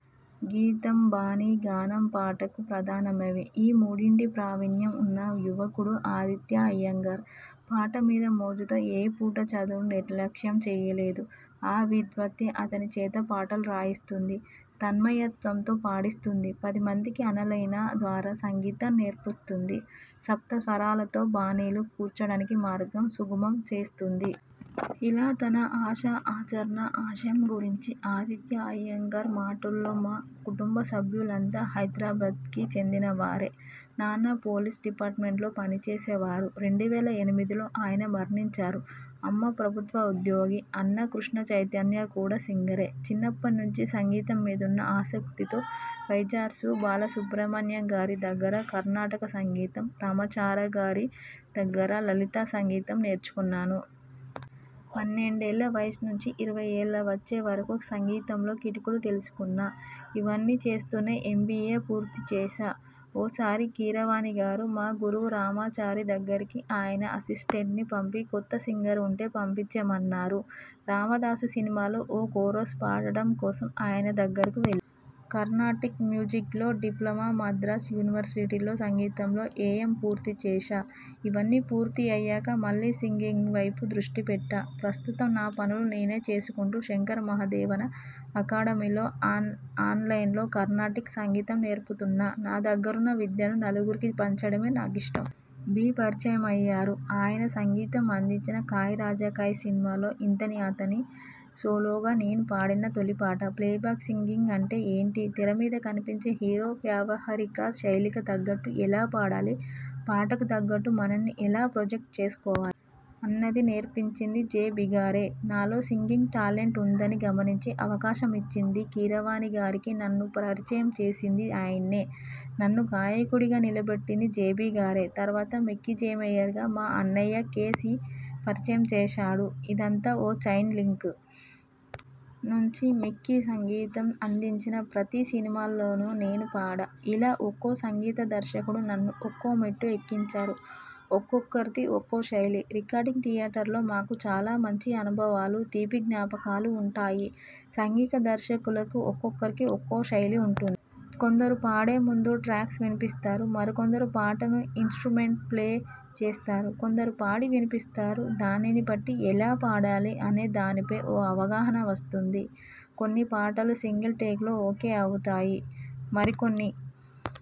గీతం, బాణీ, గానంపాటకు ప్రధానమైనవి. ఈ మూడింట ప్రావీణ్యం ఉన్న యువకుడు ఆదిత్యా అయ్యంగార్. పాట మీద మోజుతో ఏ పూటా చదువును నిర్లక్ష్యం చెయ్యలేదు. ఆ విద్వత్తే.. అతని చేత పాటలు రాయిస్తోంది. తన్మయత్వంతో పాడిస్తోంది. పదిమందికి ఆనలైన ద్వారా సంగీతం నేర్పిస్తోంది. సప్తస్వరాలతో బాణీలు కూర్చడానికి మార్గం సుగమం చేస్తోంది. ఇలా తన ఆశ, ఆచరణ, ఆశయం గురించి ఆదిత్యా అయ్యంగార్ మాటల్లోమా కుటుంబ సభ్యులంతా హైదరాబాద్కి చెందినవారే. నాన్న పోలీస్ డిపార్ట్మెంట్లో పని చేసేవారు. రెండు వేల ఎనిమిదిలో ఆయన మరణించారు. అమ్మ ప్రభుత్వ ఉద్యోగి. అన్నయ్య కృష్ణ చైతన్య. కూడా సింగరే. చిన్నప్పటి నుంచి సంగీతం మీదున్న ఆసక్తితో వైజార్సు బాలసుబ్రహ్మణ్యంగారి దగ్గర కర్ణాటక సంగీతం, రామాచారిగారి దగ్గర లలిత సంగీతం నేర్చుకున్నా. పన్నెండేళ్ల వయసు నుంచి ఇరవై ఏళ్లు వచ్చేవరకు సంగీతంలో కిటుకులు తెలుసుకున్నా. ఇవన్నీ చేస్తూనే ఎం. బి. ఏ పూర్తి చేశా. ఓసారి కీరవాణిగారు మా గురువు రామాచారి దగ్గరికి ఆయన అసిస్టెంట్ని పంపి కొత్త సింగర్స్ ఉంటే పంపించమన్నారు. రామదాసు సినిమాలో ఓ కోరస్ పాడటం కోసం ఆయన దగ్గరకు వెళ్లా. కర్ణాటిక్ మ్యూజిక్లో డిప్లొమా, మద్రాస్ యూనివర్శిటీలో సంగీతంలో ఎం. ఎ పూర్తి చేశా. ఇవన్నీ పూర్తయ్యాక మళ్లీ సింగింగ్ వైపు దృష్టిపెట్టా. ప్రస్తుతం నా పనులు నేను చేసుకుంటూనే శంకర్ మహాదేవన అకాడమీలో ఆనలైనలో కర్ణాటిక్ సంగీతం నేర్పుతున్నా. నా దగ్గరున్న విద్యను నలుగురికి పంచడమంటే నాకిష్టం. బి పరిచయమయ్యారు. ఆయన సంగీతం అందించిన కాయ్ రాజా కాయ్ సినిమాలో ఇంతని అంతని.. సోలోగా నేను పాడిన తొలి పాట. ప్లేబ్యాక్ సింగింగ్ అంటే ఏంటి? తెర మీద కనిపించే హీరో వ్యావహారిక శైలికి తగ్గట్టు ఎలా పాడాలి? పాటకు తగ్గట్టు మనల్ని మనం ఎలా ప్రొజెక్ట్ చేసుకోవాలి? అన్నది నేర్పించింది జె. బిగారే. నాలో సింగింగ్ టాలెంట్ ఉందని గమనించి అవకాశం ఇచ్చిందీ, కీరవాణికిగారికి నన్ను పరిచయం చేసిందీ ఆయనే. నన్ను గాయకుడిగా నిలబెట్టింది జె. బి. గారే. తర్వాత మిక్కీ. జె. మేయర్కి మా అన్నయ్య కె. సి పరిచయం చేశాడు. ఇదంతా ఓ చైన్ లింక్. నుంచి మిక్కీ సంగీతం అందించిన ప్రతి సినిమాలో నేను పాడా. ఇలా ఒక్కో సంగీత దర్శకుడు నన్ను ఒక్కో మెట్టు ఎక్కించారు. ఒక్కొక్కరిది ఒక్కో శైలి.. రికార్డింగ్ థియేటర్లో మాకు చాలా మంచి అనుభవాలు, తీపి జ్ఞాపకాలు ఉంటాయి. సంగీత దర్శకులకు ఒక్కొక్కరికి ఒక్కో శైలి ఉంటుంది. కొందరు పాడే ముందు ట్రాక్స్ వినిపిస్తారు. మరికొందరు పాటను ఇనసు్ట్రమెంట్పై ప్లే చేస్తారు. కొందరు పాడి వినిపిస్తారు. దానిని బట్టి ఎలా పాడాలి అనేదానిపై ఓ అవగాహన వస్తుంది. కొన్ని పాటలు సింగిల్ టేక్లో ఓకే అవుతాయి. మరికొన్ని